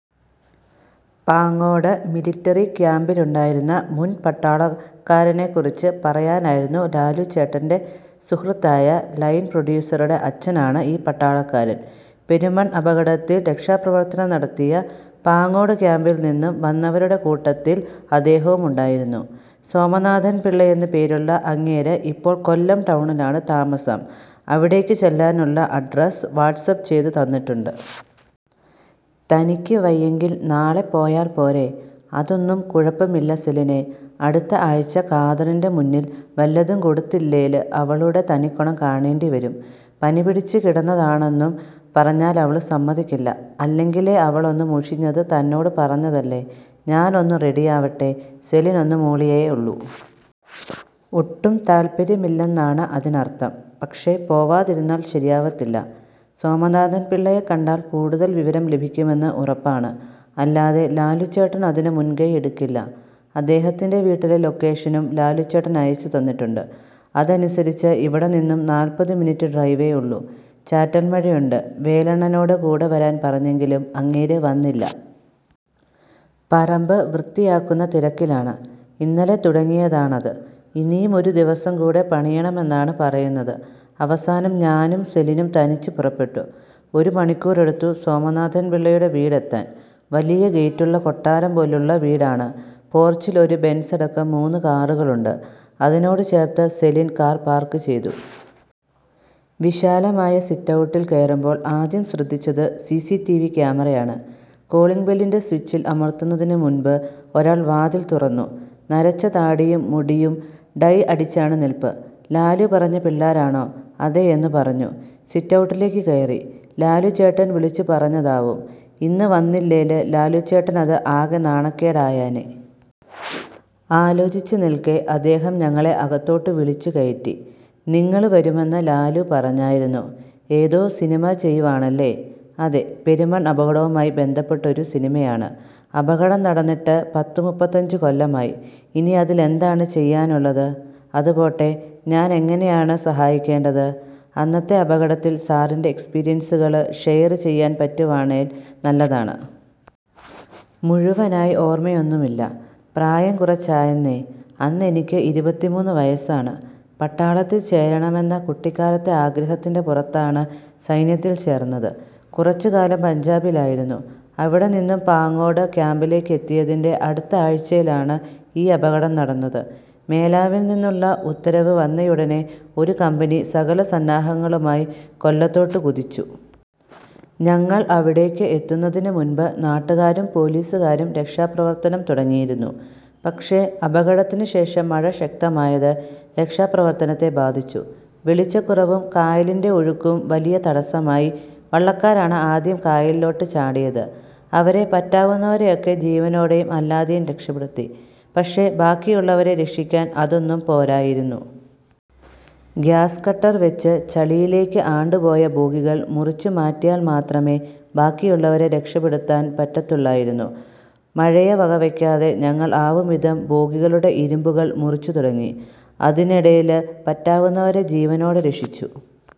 Pangode military ക്യാമ്പിലുണ്ടായിരുന്ന മുൻ പട്ടാളക്കാരനെക്കുറിച്ച് പറയാനായിരുന്നത്. ലാലുച്ചേട്ടന്റെ സുഹൃത്തായ ലൈൻപ്രൊഡ്യൂസറുടെ അച്ഛനാണ് ഈ പട്ടാളക്കാരൻ. പെരുമൺ അപകടത്തിൽ രക്ഷാപ്രവർത്തനം നടത്തിയ പാങ്ങോട് ക്യാമ്പിൽ നിന്നും വന്നവരുടെ കൂട്ടത്തിൽ അദ്ദേഹവുമുണ്ടായിരുന്നു. സോമനാഥൻ പിള്ളയെന്നു പേരുള്ള അങ്ങേര് ഇപ്പോൾ കൊല്ലം ടൗണിലാണ് താമസം. അവിടേക്ക് ചെല്ലാനുളള അഡ്രസ് വാട്സാപ്പ് ചെയ്തു തന്നിട്ടുണ്ട്. "തനിക്ക് വയ്യെങ്കിൽ നാളെ പോയാൽ പോരേ? " "അതൊന്നും കുഴപ്പമില്ല സെലിനേ. അടുത്ത ആഴ്ച കാതറിന്റെ മുന്നിൽ വല്ലതും കൊടുത്തില്ലേല് അവളുടെ തനിക്കൊണം കാണേണ്ടി വരും. പനി പിടിച്ച് കിടന്നതാണെന്നും പറഞ്ഞാല് അവള് സമ്മതിക്കില്ല. അല്ലെങ്കിലേ അവളൊന്നു മുഷിഞ്ഞത് തന്നോട് പറഞ്ഞതല്ലേ? ഞാനൊന്നു റെഡിയാവട്ടെ. " സെലിൻ ഒന്നു മൂളിയേയുള്ളു. ഒട്ടും താത്പര്യമില്ലെന്നാണ് അതിനർത്ഥം. പക്ഷേ പോവാതിരുന്നാൽ ശരിയാവത്തില്ല. സോമനാഥൻ പിള്ളയെ കണ്ടാൽ കൂടുതൽ വിവരം ലഭിക്കുമെന്നു ഉറപ്പാണ്. അല്ലാതെ ലാലുച്ചേട്ടൻ അതിനു മുൻകൈ എടുക്കില്ല. അദ്ദേഹത്തിന്റെ വീട്ടിലെ ലൊക്കേഷനും ലാലുച്ചേട്ടൻ അയച്ചിട്ടുണ്ട്. അതനുസരിച്ച് ഇവിടെ നിന്നും നാൽപ്പതു മിനിറ്റ് ഡ്രൈവേയുള്ളൂ. ചാറ്റൽ മഴയുണ്ട്. വേലണ്ണനോട് കൂടെ വരാൻ പറഞ്ഞെങ്കിലും അങ്ങേര് വന്നില്ല. പറമ്പ് വൃത്തിയാക്കുന്ന തിരക്കിലാണ്. ഇന്നലെ തുടങ്ങിയതാണത്. ഇനിയും ഒരു ദിവസം കൂടെ പണിയണമെന്നാണ് പറയുന്നത്. അവസാനം ഞാനും സെലിനും തനിച്ച് പുറപ്പെട്ടു. ഒരു മണിക്കൂറെടുത്തു സോമനാഥൻ പിള്ളയുടെ വീട് എത്താൻ. വലിയ ഗേറ്റുള്ള കൊട്ടാരം പോലുള്ള വീടാണ്. പോർച്ചിൽ ഒരു ബെൻസടക്കം മൂന്നു കാറുകളുണ്ട്. അതിനോട് ചേർത്ത് സെലിൻ കാർ പാർക്ക് ചെയ്തു. വിശാലമായ സിറ്റൌട്ടിൽ കയറുമ്പോൾ ആദ്യം ശ്രദ്ധിച്ചത് സിസിടിവി ക്യാമറയാണ്. കോളിംഗ് ബെല്ലിന്റെ സ്വിച്ചിൽ അമർത്തുന്നതിനു മുൻപ് ഒരാൾ വാതിൽ തുറന്നു. നരച്ച താടിയും മുടിയും ഡ്രൈ അടിച്ചാണ് നിൽപ്പ്. "ലാലു പറഞ്ഞ പിള്ളാരാണോ? " അതേയെന്നു പറഞ്ഞു സിറ്റൗട്ടിലേക്ക് കയറി. ലാലുച്ചേട്ടൻ വിളിച്ചു പറഞ്ഞതാവും. ഇന്നു വന്നില്ലേല് ലാലുച്ചേട്ടനത് ആകെ നാണക്കേട് ആയേനെ. ആലോചിച്ച് നിൽക്കെ അദ്ദേഹം ഞങ്ങളെ അകത്തോട്ട് വിളിച്ചു കയറ്റി. "നിങ്ങള് വരുമെന്ന് ലാലുപറഞ്ഞായിരുന്നു. ഏതോ സിനിമ ചെയ്യുവാണല്ലേ? " "അതെ, പെരുമൺ അപകടവുമായി ബന്ധപ്പെട്ടൊരു സിനിമയാണ്. " "അപകടം നടന്നിട്ട് പത്തുമുപ്പത്തഞ്ചു കൊല്ലമായി. ഇനിയതിലെന്താണ് ചെയ്യാനുള്ളത്? അതു പോട്ടെ ഞാനെങ്ങനെയാണ് സഹായിക്കേണ്ടത്? " "അന്നത്തെ അപകടത്തിൽ സാറിന്റെ എക്സ്പീരിയൻസുകള് ഷെയർ ചെയ്യാൻ പറ്റുവാണേല് നല്ലതാണ്. " "മുഴുവനായി ഓർമയൊന്നുമില്ല. പ്രായം കുറച്ചായെന്നേ... അന്നെനിക്ക് ഇരുപത്തിമൂന്നു വയസാണ്. പട്ടാളത്തിൽ ചേരണമെന്ന കുട്ടിക്കാലത്തെ ആഗ്രഹത്തിന്റെ പുറത്താണ് സൈന്യത്തിൽ ചേർന്നത്. കുറച്ചുകാലം പഞ്ചാബിലായിരുന്നു. അവിടെനിന്നും പാങ്ങോട് ക്യമ്പിലേക്ക് എത്തിയതിന്റെ അടുത്ത ആഴ്ചയിലാണ് ഈ അപകടം നടന്നത്. മേലാവിൽനിന്നുള്ള ഉത്തരവു വന്നയുടനെ ഒരു കമ്പനി സകല സന്നാഹങ്ങളുമായി കൊല്ലത്തോട്ട് കുതിച്ചു. ഞങ്ങൾ അവിടേക്ക് എത്തുന്നതിനു മുൻപ് നാട്ടുകാരും പൊലീസുകാരും രക്ഷാപ്രവർത്തനം തുടങ്ങിയിരുന്നു. പക്ഷേ, അപകടത്തിനു ശേഷം മഴ ശക്തമായത് രക്ഷാപ്രവർത്തനത്തെ ബാധിച്ചു. വെളിച്ചക്കുറവും കായലിന്റെ ഒഴുക്കും വലിയ തടസമായി. വള്ളക്കാരാണ് ആദ്യം കായലിലോട്ട് ചാടിയത്. അവര് പറ്റാവുന്നവരയൊക്കെ ജീവനോടെയും അല്ലാതെയും രക്ഷപ്പെടുത്തി. പക്ഷേ, ബാക്കിയുള്ളവരെ രക്ഷിക്കാൻ അതൊന്നും പോരായിരുന്നു. ഗ്യാസ് കട്ടർവെച്ച്, ചളിയിലേക്ക് ആണ്ടുപോയ ബോഗികൾ മുറിച്ചു മാറ്റിയാൽ മാത്രമെ ബാക്കിയുള്ളവരെ രക്ഷപ്പെടുത്താൻ പറ്റത്തുള്ളായിരുന്നു. മഴയെ വകവെക്കാതെ ഞങ്ങൾ ആവുംവിധം ബോഗികളുടെ ഇരുമ്പുകൾ മുറിച്ചു തുടങ്ങി. അതിനെടേല് പറ്റാവുന്നവരെ ജീവനോടെ രക്ഷിച്ചു.